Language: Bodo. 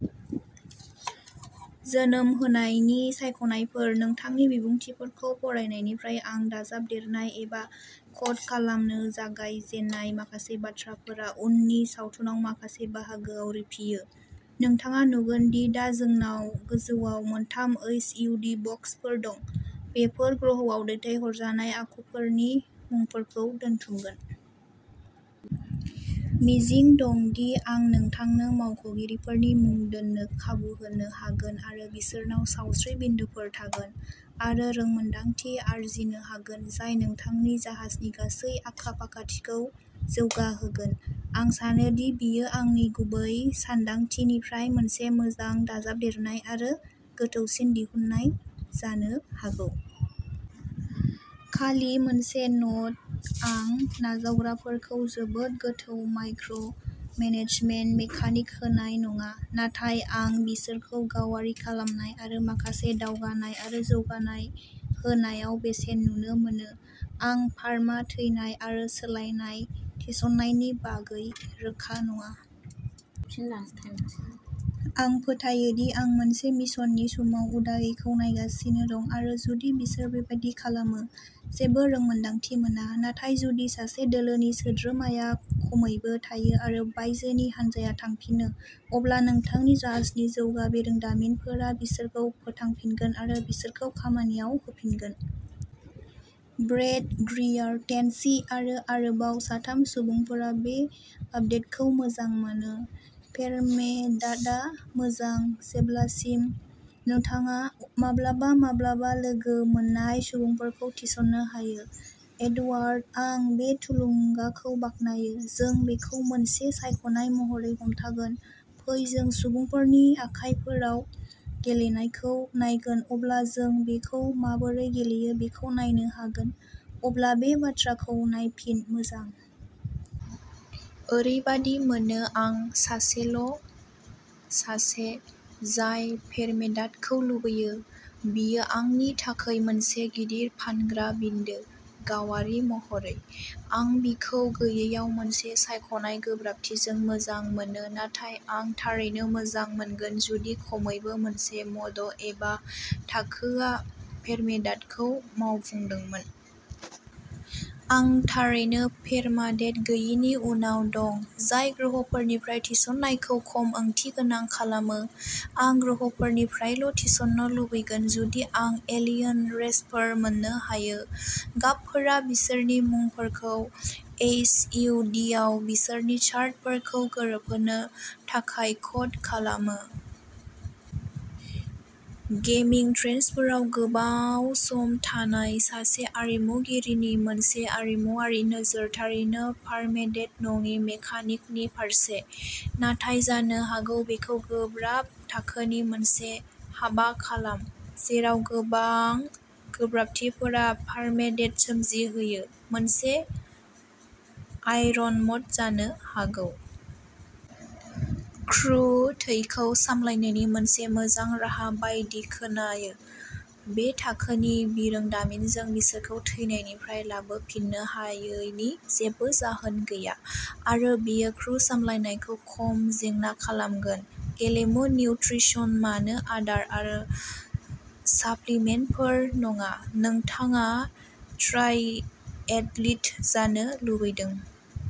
जोनोम होनायनि सायख'नायफोर। नोंथांनि बिबुंथिफोरखौ फरायनायनिफ्राय आं दाजाबदेरनाय एबा क'ड खालामनो जागायजेन्नाय माखासे बाथ्राफोरा उननि सावथुनाव माखासे बाहागोआव रिफियो। नोंथाङा नुगोन दि दा जोंनाव गोजौआव मोनथाम ओइस इउ दि बक्सफोर दं। बेफोर ग्रहआव दैथायहरजानाय आखुफोरनि मुंफोरखौ दोनथुमगोन। मिजिं दं दि आं नोंथांनो मावख'गिरिफोरनि मुं दोन्नो खाबु होनो हागोन आरो बिसोरनाव सावस्रि बिन्दोफोर थागोन आरो रोंमोनदांथि आरजिनो हागोन जाय नोंथांनि जाहाजनि गासै आखा फाखाथिखौ जौगाहोगोन। आं सानोदि बेयो आंनि गुबै सानदांथिनिफ्राय मोनसे मोजां दाजाबदेरनाय आरो गोथौसिन दिहुनथाय जानो हागौ। खालि मोनसे न'ट आं नावजावग्राफोरखौ जोबोद गोथौ माइक्र' मेनेजमेन्ट मेकानिक होनाय नङा। नाथाय आं बिसोरखौ गावारि खालामनाय आरो माखासे दावगानाय आरो जौगानाय होनायाव बेसेन नुनो मोनो। आं पारमा थैनाय आरो सोलायनाय थिसननायनि बागै रोखा नङा। आं फोथायो दि आं मोनसे मिशननि समाव उदायैखौ नायगासिनो दं आरो जुदि बिसोर बेबादि खालामो। जेबो रोंमोन्दांथि मोना। नाथाय जुदि सासे दोलोनि सोद्रोमाया खमैबो थायो आरो बायजोनि हान्जाया थांफिनो, अब्ला नोंथांनि जाहाजनि जौगा बिरोंदामिनफोरा बिसोरखौ फोथांफिनगोन आरो बिसोरखौ खामानियाव होफिनगोन। ब्रैड ग्रियार, टेनसि, आरो आरोबाव साथाम सुबुंफोरा बे आपदेटखौ मोजां मोनो। पेरमेडाथआ मोजां, जेब्लासिम नोंथाङा माब्लाबा माब्लाबा लोगो मोन्नाय सुबुंफोरखौ थिसननो हायो। एडवार्ड, आं बे थुलुंगाखौ बाख्नायो, जों बेखौ मोनसे सायख'नाय महरै हमथागोन, फै जों सुबुंफोरनि आखायफोराव गेलेनायखौ नायगोन, अब्ला जों बेखौ माबोरै गेलेयो बेखौ नायनो हागोन, अब्ला बे बाथ्राखौ नायफिन, मोजां? ओरैबादि मोनो आं सासेल' सासे जाय पेरमेडाथखौ लुबैयो बेयो आंनि थाखाय मोनसे गिदिर फानग्रा बिन्दो, गावारि महरै। आं बेखौ गैयैयाव मोनसे सायख'नाय गोब्राबथिजों मोजां मोनो, नाथाय आं थारैनो मोजां मोनगोन जुदि खमैबो मोनसे म'ड एबा थाखोआ पेरमेडाथखौ मावफुन्दोंमोन। आं थारैनो पेरमाडेथ गैयिनि उनाव दं, जाय ग्रहफोरनिफ्राय थिसननायखौ खम ओंथिगोनां खालामो। आं ग्रहफोरनिफ्रायल' थिसननो लुबैगोन जुदि आं एलियन रेसफोर मोन्नो हायो। गाबफोरा बिसोरनि मुंफोरखौ ओइस इउ दिआव बिसोरनि शार्टफोरजों गोरोबहोनो थाखाय क'ड खालामो। गेमिं ट्रेन्चफोराव गोबाव सम थानाय सासे आरिमुगिरिनि मोनसे आरिमुआरि नोजोर। थारैनो पारमेडेथ नङि मेकानिकनि फारसे। नाथाय जानो हागौ बेखौ गोब्राब थाखोनि मोनसे हाबा खालाम, जेराव गोबां गोब्राबथिफोरा पारमेडेथ सोमजिहोयो, मोनसे आयरनम'ड जानो हागौ? क्रु थैखौ सामलायनायनि मोनसे मोजां राहा बायदि खोनायो। बे थाखोनि बिरोंदामिनजों बिसोरखौ थैनायनिफ्राय लाबोफिननो हायैनि जेबो जाहोन गैया, आरो बेयो क्रु सामलायनायखौ खम जेंना खालामगोन। गेलेमु निउट्रिसन मानो आदार आरो साप्लिमेन्टफोर नङा? नोंथाङा ट्रायएथलिट जानो लुबैदों?